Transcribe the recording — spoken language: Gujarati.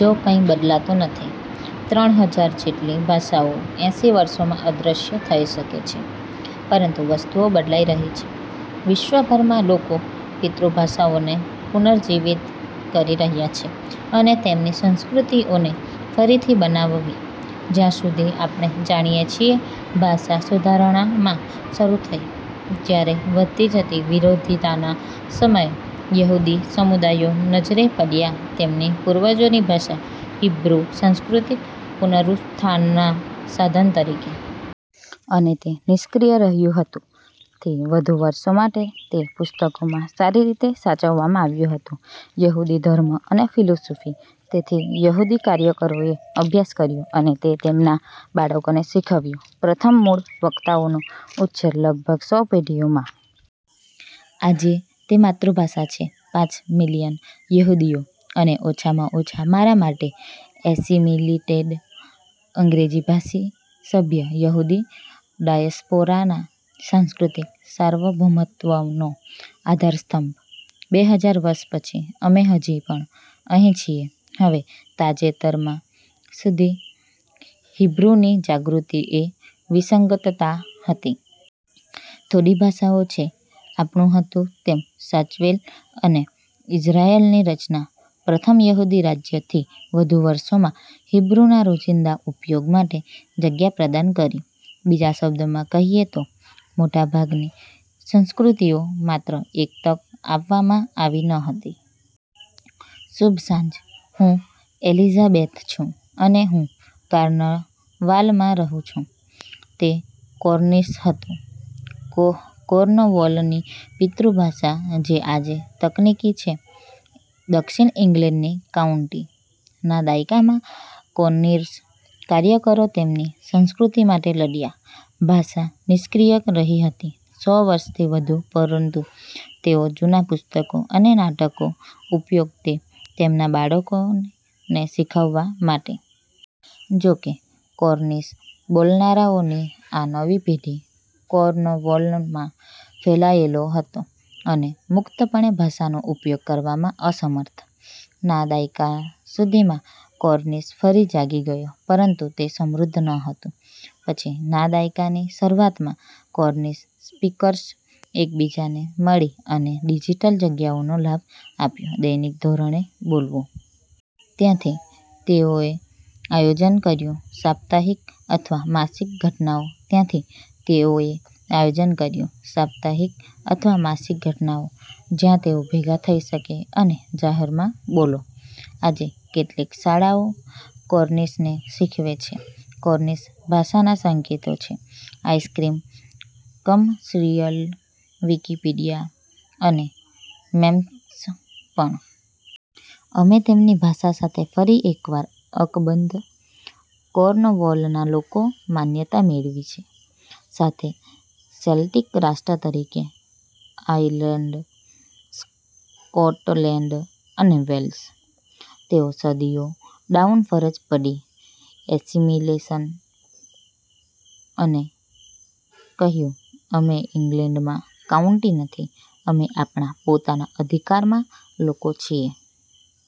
જો કંઇ બદલાતું નથી, ત્રણ હજાર જેટલી ભાષાઓ એંસી વર્ષોમાં અદૃશ્ય થઈ શકે છે, પરંતુ વસ્તુઓ બદલાઈ રહી છે. વિશ્વભરમાં લોકો પિતૃભાષાઓને પુનર્જીવિત કરી રહ્યાં છે અને તેમની સંસ્કૃતિઓને ફરીથી બનાવવી. જ્યાં સુધી આપણે જાણીએ છીએ, ભાષા સુધારણા માં શરૂ થઈ, જ્યારે વધતી જતી વિરોધીતાના સમયે, યહૂદી સમુદાયો નજરે પડ્યા તેમની પૂર્વજોની ભાષા, હીબ્રુ, સાંસ્કૃતિક પુનરુત્થાનના સાધન તરીકે. અને તે નિષ્ક્રિય રહ્યું હતું થી વધુ વર્ષો માટે, તે પુસ્તકોમાં સારી રીતે સાચવવામાં આવ્યું હતું યહૂદી ધર્મ અને ફિલસૂફી. તેથી યહૂદી કાર્યકરોએ અભ્યાસ કર્યો અને તે તેમના બાળકોને શીખવ્યું, પ્રથમ મૂળ વક્તાઓનો ઉછેર લગભગ સો પેઢીઓમાં. આજે, તે માતૃભાષા છે પાંચ મિલિયન યહૂદીઓ. અને ઓછામાં ઓછા મારા માટે, એસિમિલેટેડ અંગ્રેજી ભાષી સભ્ય યહૂદી ડાયસ્પોરાના, સાંસ્કૃતિક સાર્વભૌમત્વનો આધારસ્તંભ. બે હજાર વર્ષ પછી, અમે હજી પણ અહીં છીએ. હવે, તાજેતરમાં સુધી, હિબ્રુની જાગૃતિ એ વિસંગતતા હતી. થોડી ભાષાઓ છે આપણું હતું તેમ સાચવેલ, અને ઇઝરાઇલની રચના, પ્રથમ યહૂદી રાજ્ય થી વધુ વર્ષોમાં, હિબ્રુના રોજિંદા ઉપયોગ માટે જગ્યા પ્રદાન કરી. બીજા શબ્દોમાં કહીએ તો, મોટા ભાગની સંસ્કૃતિઓ માત્ર એક તક આપવામાં આવી ન હતી. શુભ સાંજ, હું એલિઝાબેથ છું અને હું કોર્નવાલમાં રહું છું. તે કોર્નિશ હતો, કોર્નવોલની પિતૃભાષા, જે આજે તકનીકી છે દક્ષિણ ઇંગ્લેન્ડની કાઉન્ટી. ના દાયકામાં કોર્નિશ કાર્યકરો તેમની સંસ્કૃતિ માટે લડ્યા. ભાષા નિષ્ક્રિય રહી હતી સો વર્ષથી વધુ પરંતુ તેઓ જૂના પુસ્તકો અને નાટકો ઉપયોગ તે તેમના બાળકોને શીખવવા માટે. જો કે, કોર્નિશ બોલનારાઓની આ નવી પેઢી કોર્નવોલમાં ફેલાયેલો હતો અને મુક્તપણે ભાષાનો ઉપયોગ કરવામાં અસમર્થ. ના દાયકા સુધીમાં, કોર્નિશ ફરી જાગી ગયો, પરંતુ તે સમૃદ્ધ નહોતું. પછી, ના દાયકાની શરૂઆતમાં, કોર્નિશ સ્પીકર્સ એક બીજાને મળી અને ડિજિટલ જગ્યાઓનો લાભ આપ્યો દૈનિક ધોરણે બોલવું. ત્યાંથી, તેઓએ આયોજન કર્યું સાપ્તાહિક અથવા માસિક ઘટનાઓ ત્યાંથી, તેઓએ આયોજન કર્યું સાપ્તાહિક અથવા માસિક ઘટનાઓ જ્યાં તેઓ ભેગા થઈ શકે અને જાહેરમાં બોલો. આજે, કેટલીક શાળાઓ કોર્નિશને શીખવે છે. કોર્નિશ ભાષાના સંકેતો છે, આઈસ્ક્રીમ કમર્શિયલ, વિકિપીડિયા, અને મેમ્સ પણ. અને તેમની ભાષા સાથે ફરી એકવાર અકબંધ, કોર્નવોલના લોકો માન્યતા મેળવી છે સાથે સેલ્ટિક રાષ્ટ્ર તરીકે આયર્લેન્ડ, સ્કોટલેન્ડ અને વેલ્સ. તેઓ સદીઓ ડાઉન ફરજ પડી એસિમિલેશન અને કહ્યું, "અમે ઇંગ્લેન્ડમાં કાઉન્ટી નથી. અમે આપણા પોતાના અધિકારમાં લોકો છીએ.